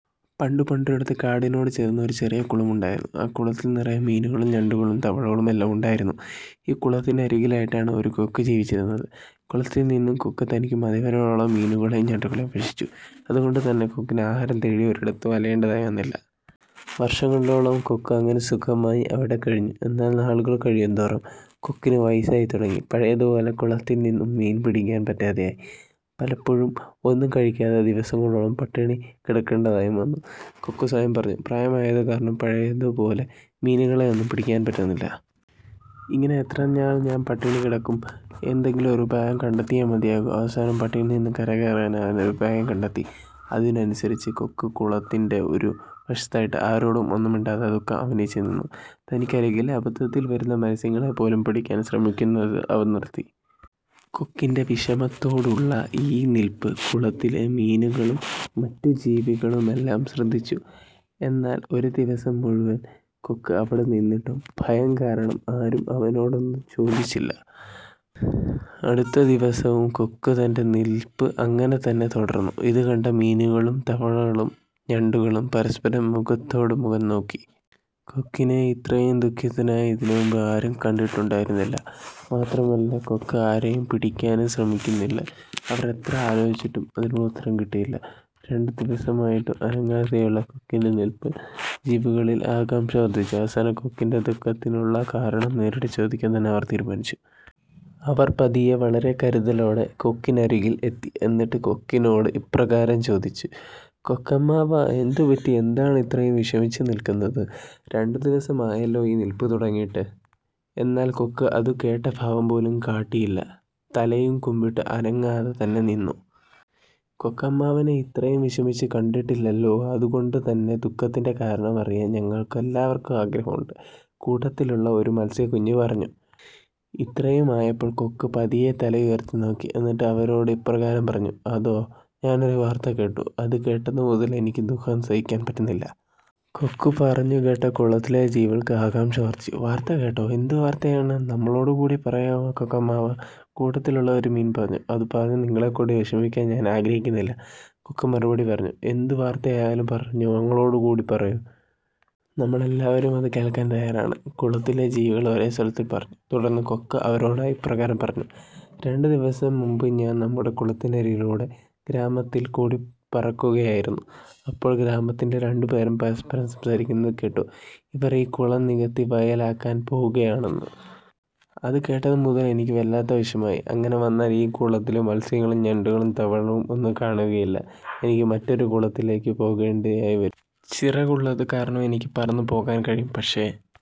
പണ്ടു പണ്ടൊരിടത്ത് കാടിനോട് ചേർന്ന് ഒരു ചെറിയ കുളം ഉണ്ടായിരുന്നു. ആ കുളത്തിൽ നിറയെ മീനുകളും ഞണ്ടുകളും തവളകളുമെല്ലാം ഉണ്ടായിരുന്നു. ഈ കുളത്തിനരികിലായിട്ടാണ് ഒരു കൊക്ക് ജീവിച്ചിരുന്നത്. കുളത്തിൽ നിന്നും കൊക്ക് തനിക്ക് മതിവരുവോളം മീനുകളെയും ഞണ്ടുകളെയും ഭക്ഷിച്ചു. അതുകൊണ്ടുതന്നെ കൊക്കിന് ആഹാരം തേടി ഒരിടത്തും അലയേണ്ടതായി വന്നില്ല. വർഷങ്ങളോളം കൊക്ക് അങ്ങനെ സുഖമായി അവിടെ കഴിഞ്ഞു. എന്നാൽ നാളുകൾ കഴിയുംതോറും കൊക്കിന് വയസ്സായി തുടങ്ങി. പഴയതുപോലെ കുളത്തിൽ നിന്നും മീൻ പിടിക്കാൻ പറ്റാതെ ആയി. പലപ്പോഴും ഒന്നും കഴിക്കാതെ ദിവസങ്ങളോളം പട്ടിണി കിടക്കേണ്ടതായും വന്നു. കൊക്ക് സ്വയം പറഞ്ഞു "പ്രായമായതു കാരണം പഴയതുപോലെ മീനുകളെയൊന്നും പിടിക്കാൻ പറ്റുന്നില്ല. ഇങ്ങനെ എത്രനാൾ ഞാൻ പട്ടിണി കിടക്കും? എന്തെങ്കിലും ഒരു ഉപായം കണ്ടെത്തിയേ മതിയാകൂ. " അവസാനം പട്ടിണിയിൽ നിന്ന് കരകയറാൻ അവൻ ഒരു ഉപായം കണ്ടെത്തി. അതനുസരിച്ച് കൊക്ക് കുളത്തിൻ്റെ ഒരു വശത്തായിട്ട് ആരോടും ഒന്നും മിണ്ടാതെ ദുഃഖം അഭിനയിച്ചു നിന്നു. തനിക്കരുകിൽ അബദ്ധത്തിൽ വരുന്ന മത്സ്യങ്ങളെ പോലും പിടിക്കാൻ ശ്രമിക്കുന്നതു അവൻ നിർത്തി. കൊക്കിൻ്റെ വിഷമത്തോടെയുള്ള ഈ നിൽപ്പ് കുളത്തിലെ മീനുകളും മറ്റു ജീവികളുമെല്ലാം ശ്രദ്ധിച്ചു. എന്നാൽ ഒരു ദിവസം മുഴുവൻ കൊക്ക് അവിടെ നിന്നിട്ടും ഭയം കാരണം ആരും അവനോടൊന്നും ചോദിച്ചില്ല. അടുത്ത ദിവസവും കൊക്ക് തൻ്റെ നിൽപ്പ് അങ്ങനെതന്നെ തുടർന്നു. ഇതുകണ്ട മീനുകളും തവളകളും ഞണ്ടുകളും പരസ്പരം മുഖത്തോട് മുഖം നോക്കി. കൊക്കിനെ ഇത്രയും ദുഃഖിതനായി ഇതിനുമുമ്പ് ആരും കണ്ടിട്ടുണ്ടായിരുന്നില്ല. മാത്രമല്ല കൊക്ക് ആരെയും പിടിക്കാനും ശ്രമിക്കുന്നില്ല. അവർ എത്ര ആലോചിച്ചിട്ടും അതിനുള്ള ഉത്തരം കിട്ടിയില്ല. രണ്ടു ദിവസമായിട്ടും അനങ്ങാതെയുള്ള കൊക്കിൻ്റെ നിൽപ്പ് ജീവികളിൽ ആകാംക്ഷ വർധിപ്പിച്ചു. അവസാനം കൊക്കിൻ്റെ ദുഃഖത്തിനുള്ള കാരണം നേരിട്ട് ചോദിക്കാൻ തന്നെ അവർ തീരുമാനിച്ചു. അവർ പതിയെ വളരെ കരുതലോടെ കൊക്കിനരുകിൽ എത്തി. എന്നിട്ട് കൊക്കിനോട് ഇപ്രകാരം ചോദിച്ചു. "കൊക്കമ്മാവാ എന്തുപറ്റി? എന്താണ് ഇത്രയും വിഷമിച്ച് നിൽക്കുന്നത്? രണ്ടുദിവസം ആയല്ലോ ഈ നിൽപ്പ് തുടങ്ങിയിട്ട്. " എന്നാൽ കൊക്ക് അതു കേട്ട ഭാവം പോലും കാട്ടിയില്ല. തലയും കുമ്പിട്ടു അനങ്ങാതെ തന്നെ നിന്നു. "കൊക്കമ്മാവനെ ഇത്രയും വിഷമിച്ചു കണ്ടിട്ടില്ലല്ലോ. അതുകൊണ്ടുതന്നെ ദുഃഖത്തിൻ്റെ കാരണം അറിയാൻ ഞങ്ങൾക്ക് എല്ലാവർക്കും ആഗ്രഹമുണ്ട്. " കൂട്ടത്തിലുള്ള ഒരു മത്സ്യക്കുഞ്ഞ് പറഞ്ഞു. ഇത്രയുമായപ്പോൾ കൊക്ക് പതിയെ തലയുയർത്തി നോക്കി. എന്നിട്ട് അവരോട് ഇപ്രകാരം പറഞ്ഞു. "അതോ! ഞാൻ ഒരു വാർത്ത കേട്ടു. അത് കേട്ടത് മുതൽ എനിക്ക് ദുഃഖം സഹിക്കാൻ പറ്റുന്നില്ല. " കൊക്ക് പറഞ്ഞതു കേട്ട കുളത്തിലെ ജീവികൾക്ക് ആകാംക്ഷ വർധിച്ചു. "വാർത്ത കേട്ടോ? എന്ത് വാർത്തയാണ്? നമ്മളോട് കൂടെയൊന്ന് പറയൂ കൊക്കമ്മാവാ. " കൂട്ടത്തിലുള്ള ഒരു മീൻ പറഞ്ഞു. "അതു പറഞ്ഞു നിങ്ങളെകൂടി വിഷമിപ്പിക്കാൻ ഞാൻ ആഗ്രഹിക്കുന്നില്ല. " കൊക്ക് മറുപടി പറഞ്ഞു. "എന്തു വാർത്തയായാലും ഞങ്ങളോട് കൂടെ പറയൂ. നമ്മളെല്ലാവരും അത് കേൾക്കാൻ തയ്യാറാണ്. " കുളത്തിലെ ജീവികൾ ഒരേ സ്വരത്തിൽ പറഞ്ഞു. തുടർന്ന് കൊക്ക് അവരോടായി ഇപ്രകാരം പറഞ്ഞു. "രണ്ടു ദിവസം മുൻപ് ഞാൻ നമ്മുടെ കുളത്തിനരികിലുള്ള ഗ്രാമത്തിൽ കൂടി പറക്കുകയായിരുന്നു. അപ്പോൾ ഗ്രാമത്തിലെ രണ്ടുപേർ പരസ്പരം സംസാരിക്കുന്നത് കേട്ടു. അവർ ഈ കുളം നികത്തി വയൽ ആക്കുവാൻ പോവുകയാണെന്ന്. അത് കേട്ടത് മുതൽ എനിക്ക് വല്ലാത്ത വിഷമമായി. അങ്ങനെ വന്നാൽ ഈ കുളത്തിൽ മത്സ്യങ്ങളും ഞണ്ടുകളും തവളകളും ഒന്നും കാണുകയില്ല. എനിക്ക് മറ്റൊരു കുളത്തിലേക്ക് പോകേണ്ടിയും വരും. ചിറകുകളുള്ളത് കാരണം എനിക്ക് പറന്നു പോകാൻ കഴിയും. പക്ഷേ